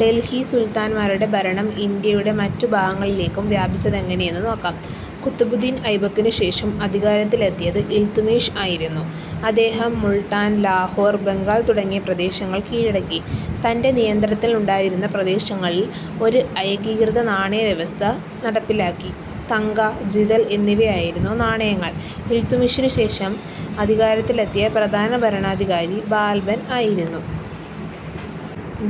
ഡൽഹി സുൽത്താന്മാരുടെ ഭരണം ഇന്ത്യയുടെ മറ്റ് ഭാഗങ്ങളിലേക്ക് വ്യാപിച്ചതെങ്ങനെയെന്ന് നോക്കാം. കുത്ബുദ്ദീൻ ഐബക്കിനുശേഷം അധികാരത്തിലെത്തിയത് ഇൽതുത്മിഷ് ആയിരുന്നു. അദ്ദേഹം മുൾട്ടാൻ, ലാഹോർ, ബംഗാൾ തുടങ്ങിയ പ്രദേശങ്ങൾ കീഴടക്കി. തന്റെ നിയന്ത്രണത്തിലുണ്ടായിരുന്ന പ്രദേശങ്ങളിൽ ഒരു ഏകീകൃത നാണയവ്യവസ്ഥ നടപ്പിലാക്കി. തങ്ക, ജിതൽ എന്നിവയായിരുന്നു നാണയങ്ങൾ. ഇൽതുത്മിഷിനു ശേഷം അധികാരത്തിലെത്തിയ പ്രധാന ഭരണാധികാരി ബാൽബൻ ആയിരുന്നു.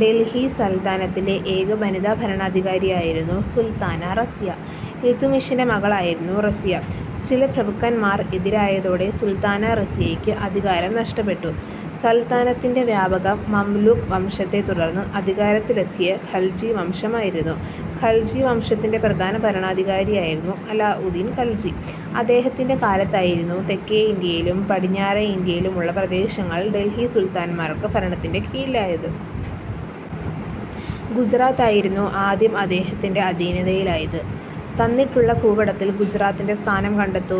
ഡൽഹി സൽത്തനത്തിലെ ഏക വനിതാ ഭരണാധികാരിയായിരുന്നു സുൽത്താന റസിയ. ഇൽതുത്മിഷിന്റെ മകളായിരുന്നു റസിയ. ചില പ്രഭുക്കന്മാർ എതിരായതോടെ സുൽത്താന റസിയയ്ക്ക് അധികാരം നഷ്ടപ്പെട്ടു. സൽത്തനത്തിന്റെ വ്യാപനം മംലൂക്ക് വംശത്തെത്തുടർന്ന് അധികാരത്തിലെത്തിയത് ഖൽജി വംശമായിരുന്നു. ഖൽജി വംശത്തിലെ പ്രധാന ഭരണാധികാരിയായിരുന്നു അലാവുദ്ദീൻ ഖൽജി. അദ്ദേഹത്തിന്റെ കാലത്തായിരുന്നു തെക്കേ ഇന്ത്യയിലും പടിഞ്ഞാറെ ഇന്ത്യയിലുമുള്ള പ്രദേശങ്ങൾ ഡൽഹി സുൽത്താന്മാരുടെ ഭരണത്തിന്റെ കീഴിലായത്. ഗുജറാത്ത് ആയിരുന്നു ആദ്യം അദ്ദേഹത്തിന്റെ അധീനതയിലായത്. തന്നിട്ടുള്ള ഭൂപടത്തിൽ ഗുജറാത്തിന്റെ സ്ഥാനം കണ്ടെത്തൂ.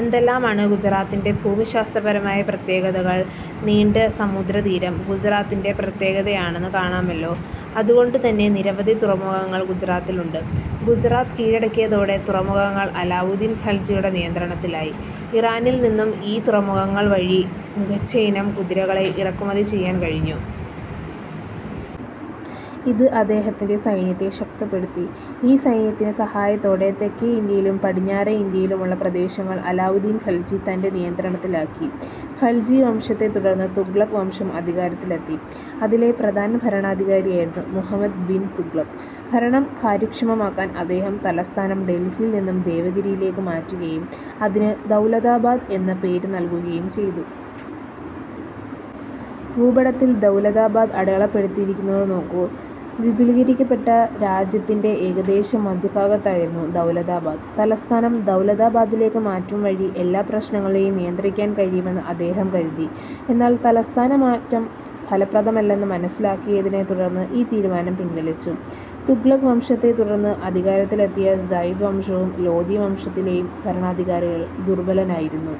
എന്തെല്ലാമാണ് ഗുജറാത്തിന്റെ ഭൂമിശാസ്ത്രപരമായ പ്രത്യേകതകൾ നീണ്ട സമുദ്രതീരം ഗുജറാത്തിന്റെ പ്രത്യേകതയാണെന്ന് കാണാമല്ലോ. അതുകൊണ്ടുതന്നെ നിരവധി തുറമുഖങ്ങൾ ഗുജറാത്തിലുണ്ട്. ഗുജറാത്ത് കീഴടക്കിയതോടെ തുറമുഖങ്ങൾ അലാവുദ്ദീൻ ഖൽജിയുടെ നിയന്ത്രണത്തിലായി. ഇറാഖിൽനിന്ന് ഈ തുറമുഖങ്ങൾ വഴി മികച്ചയിനം കുതിരകളെ ഇറക്കുമതി ചെയ്യാൻ കഴിഞ്ഞു. ഇത് അദ്ദേഹത്തിന്റെ സൈന്യത്തെ ശക്തിപ്പെടുത്തി. ഈ സൈന്യത്തിന്റെ സഹായത്തോടെ തെക്കേ ഇന്ത്യയിലും പടിഞ്ഞാറെ ഇന്ത്യയിലുമുള്ള പ്രദേശങ്ങൾ അലാവുദ്ദീൻ ഖൽജി തന്റെ നിയന്ത്രണത്തിലാക്കി. ഖൽജി വംശത്തെത്തുടർന്ന് തുഗ്ലക്ക് വംശം അധികാരത്തിലെത്തി. അതിലെ പ്രധാന ഭരണാധികാരിയായിരുന്നു മുഹമ്മദ് ബിൻ തുഗ്ലക്ക്. ഭരണം കാര്യക്ഷമമാക്കാൻ അദ്ദേഹം തലസ്ഥാനം ഡൽഹിയിൽ നിന്ന് ദേവഗിരിയിലേക്ക് മാറ്റുകയും അതിന് ദൗലത്താബാദ് എന്ന പേര് നൽകുകയും ചെയ്തു. ഭൂപടത്തിൽ ദൗലത്താബാദ് അടയാളപ്പെടുത്തിയിരിക്കുന്നത് നോക്കൂ. വിപുലീകരിക്കപ്പെട്ട രാജ്യത്തിന്റെ ഏകദേശം മധ്യഭാഗത്തായിരുന്നു ദൗലത്താബാദ്. തലസ്ഥാനം ദൗലത്താബാദിലേക്ക് മാറ്റുകവഴി എല്ലാ പ്രദേശങ്ങളേയും നിയന്ത്രിക്കാൻ കഴിയുമെന്ന് അദ്ദേഹം കരുതി. എന്നാൽ തലസ്ഥാനമാറ്റം ഫലപ്രദമല്ലെന്ന് മനസ്സിലാക്കിയതിനെത്തുടർന്ന് ഈ തീരുമാനം പിൻവലിച്ചു. തുഗ്ലക്ക് വംശത്തിനുശേഷം അധികാരത്തിലെത്തിയ സയ്യിദ് വംശത്തിലെയും ലോദി വംശത്തിലെയും ഭരണാധികാരികൾ ദുർബലരായിരുന്നു.